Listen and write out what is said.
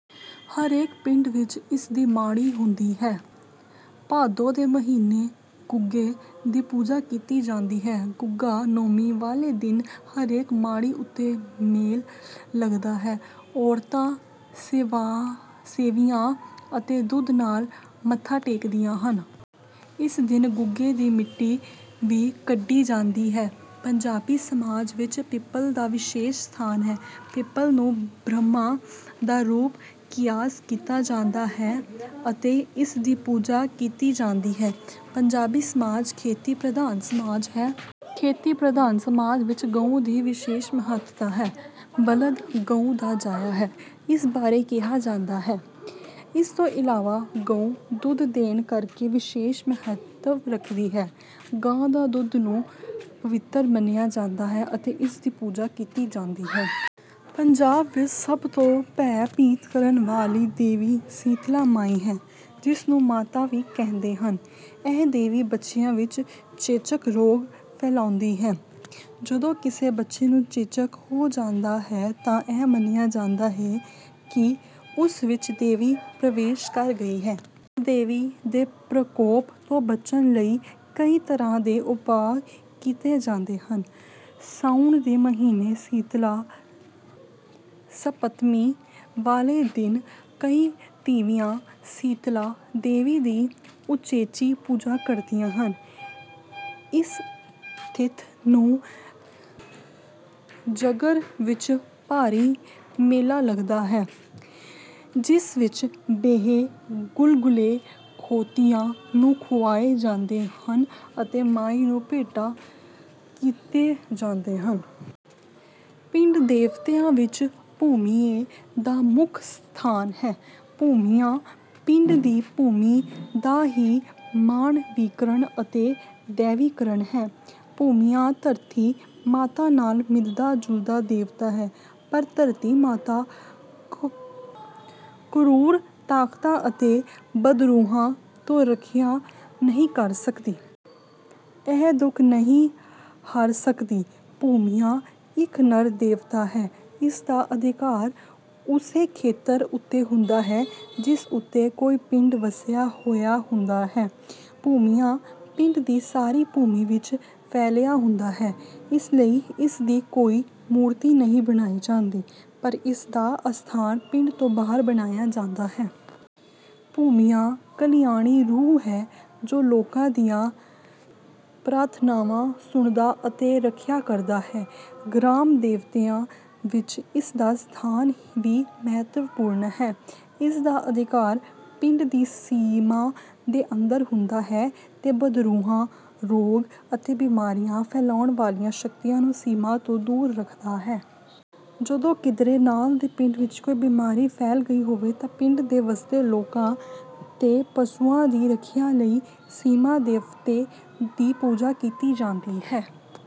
ਹਰੇਕ ਪਿੰਡ ਵਿੱਚ ਇਸਦੀ ਮਾੜੀ ਹੁੰਦੀ ਹੈ। ਭਾਦੋਂ ਦੇ ਮਹੀਨੇ ਗੁੱਗੇ ਦੀ ਪੂਜਾ ਕੀਤੀ ਜਾਂਦੀ ਹੈ। ਗੁੱਗਾ ਨੌਮੀ ਵਾਲੇ ਦਿਨ ਹਰੇਕ ਮਾੜੀ ਉੱਤੇ ਮੇਲਾ ਲੱਗਦਾ ਹੈ। ਔਰਤਾਂ ਸੇਵੀਆਂ ਅਤੇ ਦੁੱਧ ਨਾਲ ਮੱਥਾ ਟੇਕਦੀਆਂ ਹਨ। ਇਸ ਦਿਨ ਗੁੱਗੇ ਦੀ ਮਿੱਟੀ ਵੀ ਕੱਢੀ ਜਾਂਦੀ ਹੈ। ਪੰਜਾਬੀ ਸਮਾਜ ਵਿੱਚ ਪਿੱਪਲ ਦਾ ਵਿਸ਼ੇਸ਼ ਸਥਾਨ ਹੈ। ਪਿੱਪਲ ਨੂੰ ਬ੍ਰਹਮਾ ਦਾ ਰੂਪ ਕਿਆਸ ਕੀਤਾ ਜਾਂਦਾ ਹੈ ਅਤੇ ਇਸਦੀ ਪੂਜਾ ਕੀਤੀ ਜਾਂਦੀ ਹੈ। ਪੰਜਾਬੀ ਸਮਾਜ ਖੇਤੀ-ਪ੍ਰਧਾਨ ਸਮਾਜ ਹੈ। ਖੇਤੀ-ਪ੍ਰਧਾਨ ਸਮਾਜ ਵਿੱਚ ਗਊ ਦੀ ਵਿਸ਼ੇਸ਼ ਮਹੱਤਤਾ ਹੈ। ਬਲਦ ਗਊ ਦਾ ਜਾਇਆ ਹੈ, ਜਿਸ ਬਾਰੇ ਕਿਹਾ ਜਾਂਦਾ ਹੈ। ਇਸ ਤੋਂ ਇਲਾਵਾ ਗਊ ਦੁੱਧ ਦੇਣ ਕਰਕੇ ਵਿਸ਼ੇਸ਼ ਮਹੱਤਵ ਰੱਖਦੀ ਹੈ। ਗਾਂ ਦੇ ਦੁੱਧ ਨੂੰ ਪਵਿੱਤਰ ਮੰਨਿਆ ਜਾਂਦਾ ਹੈ ਅਤੇ ਇਸਦੀ ਪੂਜਾ ਕੀਤੀ ਜਾਂਦੀ ਹੈ। ਪੰਜਾਬ ਵਿੱਚ ਸਭ ਤੋਂ ਭੈ-ਭੀਤ ਕਰਨ ਵਾਲੀ ਦੇਵੀ ਸੀਤਲਾ ਮਾਈ ਹੈ, ਜਿਸ ਨੂੰ ਮਾਤਾ ਵੀ ਕਹਿੰਦੇ ਹਨ। ਇਹ ਦੇਵੀ ਬੱਚਿਆਂ ਵਿੱਚ ਚੇਚਕ ਰੋਗ ਫੈਲਾਉਂਦੀ ਹੈ। ਜਦੋਂ ਕਿਸੇ ਬੱਚੇ ਨੂੰ ਚੇਚਕ ਹੋ ਜਾਂਦਾ ਹੈ ਤਾਂ ਇਹ ਮੰਨਿਆ ਜਾਂਦਾ ਹੈ ਕਿ ਉਸ ਵਿੱਚ ਦੇਵੀ ਪ੍ਰਵੇਸ਼ ਕਰ ਗਈ ਹੈ। ਇਸ ਦੇਵੀ ਦੇ ਪ੍ਰਕੋਪ ਤੋਂ ਬਚਣ ਲਈ ਕਈ ਤਰ੍ਹਾਂ ਦੇ ਉਪਾਅ ਕੀਤੇ ਜਾਂਦੇ ਹਨ। ਸਾਉਣ ਦੇ ਮਹੀਨੇ ਸੀਤਲਾ ਸਪਤਮੀ ਵਾਲੇ ਦਿਨ ਕਈ ਤੀਵੀਆਂ ਸੀਤਲਾ ਦੇਵੀ ਦੀ ਉਚੇਚੀ ਪੂਜਾ ਕਰਦੀਆਂ ਹਨ। ਇਸ ਤਿੱਥ ਨੂੰ ਜਰਗ ਵਿੱਚ ਭਾਰੀ ਮੇਲਾ ਲੱਗਦਾ ਹੈ, ਜਿਸ ਵਿੱਚ ਬੇਹੇ, ਗੁਲਗੁਲੇ ਖੋਤਿਆਂ ਨੂੰ ਖੁਆਏ ਜਾਂਦੇ ਹਨ ਅਤੇ ਮਾਈ ਨੂੰ ਭੇਟਾ ਕੀਤੇ ਜਾਂਦੇ ਹਨ। ਪਿੰਡ ਦੇਵਤਿਆਂ ਵਿੱਚ ਭੂਮੀਏ ਦਾ ਮੁੱਖ ਸਥਾਨ ਹੈ। ਭੂਮੀਆ ਪਿੰਡ ਦੀ ਭੂਮੀ ਦਾ ਹੀ ਮਾਨਵੀਕਰਣ ਅਤੇ ਦੈਵੀਕਰਣ ਹੈ। ਭੂਮੀਆ ਧਰਤੀ ਮਾਤਾ ਨਾਲ ਮਿਲਦਾ-ਜੁਲਦਾ ਦੇਵਤਾ ਹੈ, ਪਰ ਧਰਤੀ ਮਾਤਾ ਕਰੂਰ ਤਾਕਤਾਂ ਅਤੇ ਬਦਰੂਹਾਂ ਤੋਂ ਰਖਿਆ ਨਹੀਂ ਕਰ ਸਕਦੀ। ਇਹ ਦੁੱਖ ਨਹੀਂ ਹਰ ਸਕਦੀ। ਭੂਮੀਆ ਇੱਕ ਨਰ ਦੇਵਤਾ ਹੈ। ਇਸਦਾ ਅਧਿਕਾਰ ਉਸੇ ਖੇਤਰ ਉੱਤੇ ਹੁੰਦਾ ਹੈ, ਜਿਸ ਉੱਤੇ ਕੋਈ ਪਿੰਡ ਵਸਿਆ ਹੋਇਆ ਹੁੰਦਾ ਹੈ। ਭੂਮੀਆ ਪਿੰਡ ਦੀ ਸਾਰੀ ਭੂਮੀ ਵਿੱਚ ਫੈਲਿਆ ਹੁੰਦਾ ਹੈ, ਇਸ ਲਈ ਇਸਦੀ ਕੋਈ ਮੂਰਤੀ ਨਹੀਂ ਬਣਾਈ ਜਾਂਦੀ, ਪਰ ਇਸਦਾ ਅਸਥਾਨ ਪਿੰਡ ਦੇ ਬਾਹਰ ਬਣਾਇਆ ਜਾਂਦਾ ਹੈ। ਭੂਮੀਆ ਕਲਿਆਣੀ ਰੂਹ ਹੈ ਜੋ ਲੋਕਾਂ ਦੀਆਂ ਪ੍ਰਾਰਥਨਾਵਾਂ ਸੁਣਦਾ ਅਤੇ ਰਖਿਆ ਕਰਦਾ ਹੈ। ਗ੍ਰਾਮ-ਦੇਵਤਿਆਂ ਵਿੱਚ ਇਸਦਾ ਸਥਾਨ ਵੀ ਮਹੱਤਵਪੂਰਨ ਹੈ। ਇਸਦਾ ਅਧਿਕਾਰ ਪਿੰਡ ਦੀ ਸੀਮਾ ਦੇ ਅੰਦਰ ਹੁੰਦਾ ਹੈ ਤੇ ਬਦਰੂਹਾਂ, ਰੋਗ, ਅਤੇ ਬਿਮਾਰੀਆਂ ਫੈਲਾਉਣ ਵਾਲੀਆਂ ਸ਼ਕਤੀਆਂ ਨੂੰ ਸੀਮਾ ਤੋਂ ਦੂਰ ਰੱਖਦਾ ਹੈ। ਜਦੋਂ ਕਿਧਰੇ ਨਾਲ ਦੇ ਪਿੰਡ ਵਿੱਚ ਕੋਈ ਬਿਮਾਰੀ ਫੈਲ ਗਈ ਹੋਵੇ ਤਾਂ ਪਿੰਡ ਦੇ ਵਸਦੇ ਲੋਕਾਂ ਤੇ ਪਸ਼ੂਆਂ ਦੀ ਰਖਿਆ ਲਈ ਸੀਮਾ-ਦੇਵਤੇ ਦੀ ਪੂਜਾ ਕੀਤੀ ਜਾਂਦੀ ਹੈ।